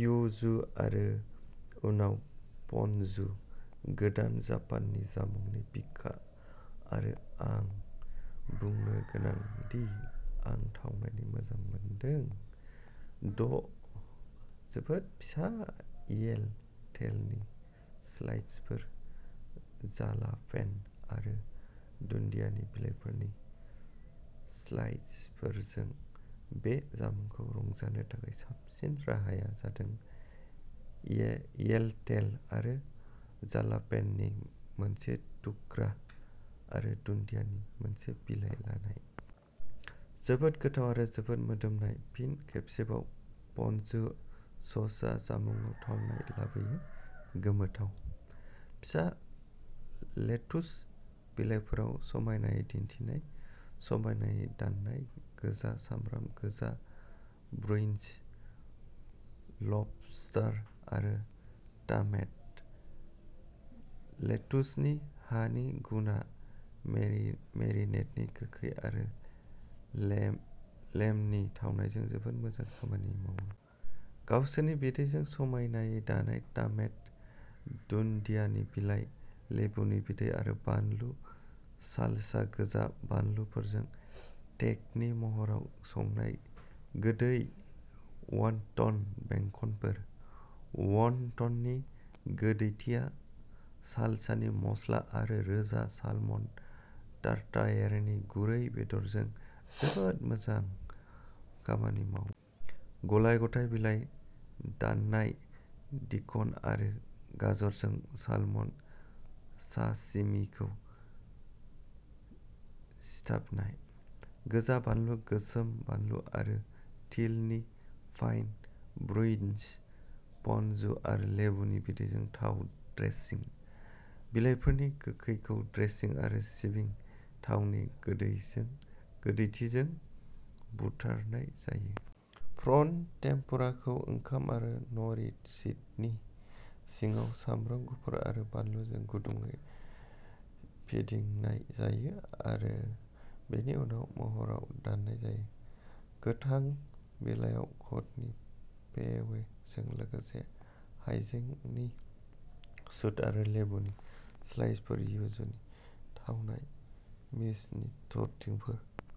युजु आरो उनाव पनजु गोदान जापाननि जामुंनि बिखा आरो आं बुंनो गोनां दि आं थावनायखौ मोजां मोनदों। द’ जोबोद फिसा येल'टेलनि स्लाइसफोर जालापेन' आरो दुन्दियानि बिलाइफोरनि स्लाइसफोरजों। बे जामुंखौ रंजानो थाखाय साबसिन राहाया जादों ये येल'टेल आरो जालापेन'नि मोनसे थुख्रा आरो दुन्दियानि मोनसे बिलाइ लानाय। जोबोद गोथाव आरो जोबोद मोदोमनाय। फिन खेबसेबाव पनजु ससआ जामुंआव थावनाय लाबोयो। गोमोथाव। फिसा लेटुस बिलाइफोराव समायनायै दिन्थिनाय। समायनायै दाननाय गोजा सामब्राम गोजा ब्रुइनज लबस्टार आरो टामेट'। लेटुसनि हानि गुनआ मेरिनेडनि गोखै आरो लेम लेमनि थावनायजों जोबोद मोजां खामानि मावो। गावसोरनि बिदैजों समायनायै दाननाय टामेट’ दुन्दियानि बिलाइ लेबुनि बिदै आरो बानलु सालसा गोजा बानलुफोरजों। टेक'नि महराव संनाय गोदै वनटन बेंखनफोर। वनटननि गोदैथिया सालसानि मस्ला आरो रोजा सालमन टारटारेनि गुरै बेदरजों जोबोद मोजां खामानि मावो। गलाय-गथाय बिलाइ दाननाय डिक'न आरो गाजरजों सालमन साशिमिखौ सिथाबनाय। गोजा बानलु गोसोम बानलु आरो तिलनि फाइन ब्रुन'इज पनजु आरो लेबुनि बिदैजों थाव ड्रेसिं। बिलाइफोरनि गोखैखौ ड्रेसिं आरो सिबिं थाव नि गोदै गोदैथिजों बुथारनाय जायो। प्रन टेम्पुराखौ ओंखाम आरो न'रि शीटनि सिङाव सामब्राम गुफुर आरो बानलुजों गुदुंयै फिदिंनाय जायो आरो बेनि उनाव महरआव दाननाय जायो। गोथां बिलाइआव क'डनि पेवे जों लोगोसे हायजेंनि शुट आरो लेबुनि स्लाइसफोर युजुनि थावनाय मिस'नि थरथिंफोर।